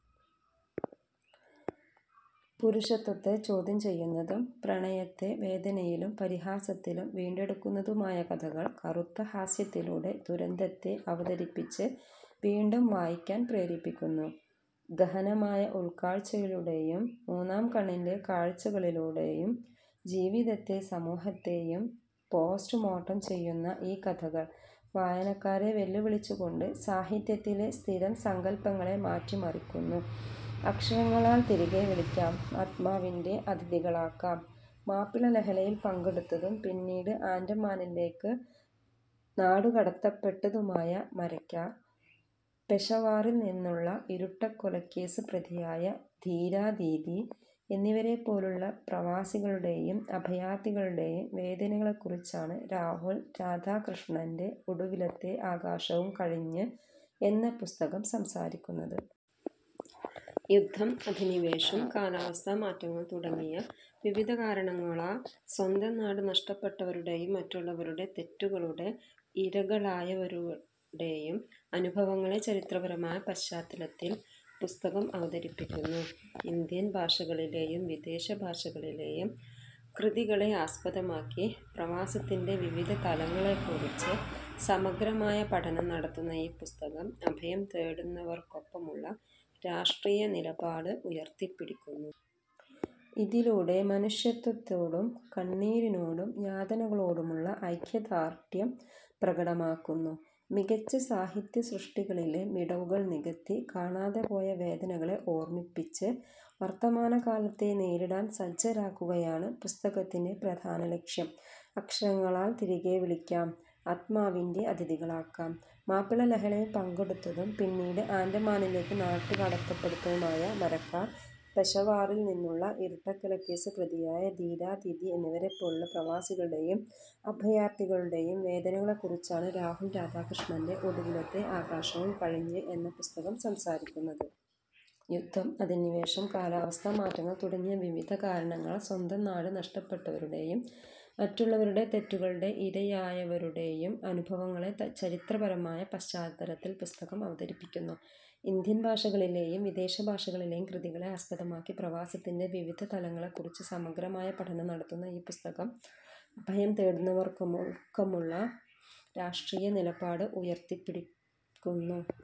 പുരുഷത്വത്തെ ചോദ്യം ചെയ്യുന്നതും, പ്രണയത്തെ വേദനയിലും പരിഹാസത്തിലും വീണ്ടെടുക്കുന്നതുമായ കഥകൾ, കറുത്ത ഹാസ്യത്തിലൂടെ ദുരന്തത്തെ അവതരിപ്പിച്ച് വീണ്ടും വായിക്കാൻ പ്രേരിപ്പിക്കുന്നു. ഗഹനമായ ഉൾക്കാഴ്ചകളിലൂടെയും, മൂന്നാം കണ്ണിന്റെ കാഴ്ചകളിലൂടെയും ജീവിതത്തെയും സമൂഹത്തെയും പോസ്റ്റ്മോർട്ടം ചെയ്യുന്ന ഈ കഥകൾ, വായനക്കാരെ വെല്ലുവിളിച്ചുകൊണ്ട് സാഹിത്യത്തിലെ സ്ഥിരം സങ്കൽപ്പങ്ങളെ മാറ്റിമറിക്കുന്നു. അക്ഷരങ്ങളാൽ തിരികെവിളിക്കാം; ആത്മാവിന്റെ അതിഥികളാക്കാം മാപ്പിള ലഹളയിൽ പങ്കെടുത്തതും പിന്നീട് ആൻഡമാനിലേക്ക് നാടുകടത്തപ്പെട്ടതുമായ മരയ്ക്കാർ, പെഷവാറിൽ നിന്നുള്ള ഇരട്ടക്കൊലക്കേസ് പ്രതിയായ ധീരാദീദി എന്നിവരെപ്പോലുള്ള പ്രവാസികളുടെയും അഭയാർഥികളുടെയും വേദനകളെക്കുറിച്ചാണ് രാഹുൽ രാധാകൃഷ്ണന്റെ 'ഒടുവിലത്തെ ആകാശവും കഴിഞ്ഞ്' എന്ന പുസ്തകം സംസാരിക്കുന്നത്. യുദ്ധം, അധിനിവേശം, കാലാവസ്ഥാ മാറ്റങ്ങൾ തുടങ്ങിയ വിവിധ കാരണങ്ങളാൽ സ്വന്തം നാട് നഷ്ടപ്പെട്ടവരുടെയും മറ്റുള്ളവരുടെ തെറ്റുകളുടെ ഇരകളായവരുടെയും അനുഭവങ്ങളെ ചരിത്രപരമായ പശ്ചാത്തലത്തിൽ പുസ്തകം അവതരിപ്പിക്കുന്നു. ഇന്ത്യൻ ഭാഷകളിലെയും വിദേശ ഭാഷകളിലെയും കൃതികളെ ആസ്പദമാക്കി, പ്രവാസത്തിന്റെ വിവിധ തലങ്ങളെക്കുറിച്ച് സമഗ്രമായ പഠനം നടത്തുന്ന ഈ പുസ്തകം, അഭയം തേടുന്നവർക്കൊപ്പമുള്ള രാഷ്ട്രീയ നിലപാട് ഉയർത്തിപ്പിടിക്കുന്നു. ഇതിലൂടെ മനുഷ്യത്വത്തോടും കണ്ണീരിനോടും യാതനകളോടുമുള്ള ഐക്യദാർഢ്യം പ്രകടമാക്കുന്നു. മികച്ച സാഹിത്യസൃഷ്ടികളിലെ വിടവുകൾ നികത്തി, കാണാതെപോയ വേദനകളെ ഓർമ്മിപ്പിച്ച്, വർത്തമാനകാലത്തെ നേരിടാൻ സജ്ജരാക്കുകയാണ് പുസ്തകത്തിന്റെ പ്രധാന ലക്ഷ്യം. അക്ഷരങ്ങളാൽ തിരികെവിളിക്കാം; ആത്മാവിന്റെ അതിഥികളാക്കാം മാപ്പിള ലഹളയിൽ പങ്കെടുത്തതും പിന്നീട് ആൻഡമാനിലേക്ക് നാടുകടത്തപ്പെട്ടതുമായ മരയ്ക്കാർ, പെഷവാറിൽ നിന്നുള്ള ഇരട്ടക്കൊലക്കേസ് പ്രതിയായ ധീരാദീദി എന്നിവരെപ്പോലുള്ള പ്രവാസികളുടെയും അഭയാർഥികളുടെയും വേദനകളെക്കുറിച്ചാണ് രാഹുൽ രാധാകൃഷ്ണന്റെ 'ഒടുവിലത്തെ ആകാശവും കഴിഞ്ഞ്' എന്ന പുസ്തകം സംസാരിക്കുന്നത്. യുദ്ധം, അധിനിവേശം, കാലാവസ്ഥാ മാറ്റങ്ങൾ തുടങ്ങിയ വിവിധ കാരണങ്ങളാൽ സ്വന്തം നാട് നഷ്ടപ്പെട്ടവരുടെയും മറ്റുള്ളവരുടെ തെറ്റുകളുടെ ഇരയായവരുടെയും അനുഭവങ്ങളെ ചരിത്രപരമായ പശ്ചാത്തലത്തിൽ പുസ്തകം അവതരിപ്പിക്കുന്നു. ഇന്ത്യൻ ഭാഷകളിലെയും വിദേശ ഭാഷകളിലെയും കൃതികളെ ആസ്പദമാക്കി, പ്രവാസത്തിന്റെ വിവിധ തലങ്ങളെക്കുറിച്ച് സമഗ്രമായ പഠനം നടത്തുന്ന ഈ പുസ്തകം, അഭയം തേടുന്നവർക്കൊമപ്പമുള്ള രാഷ്ട്രീയ നിലപാട് ഉയർത്തിപ്പിടിക്കുന്നു.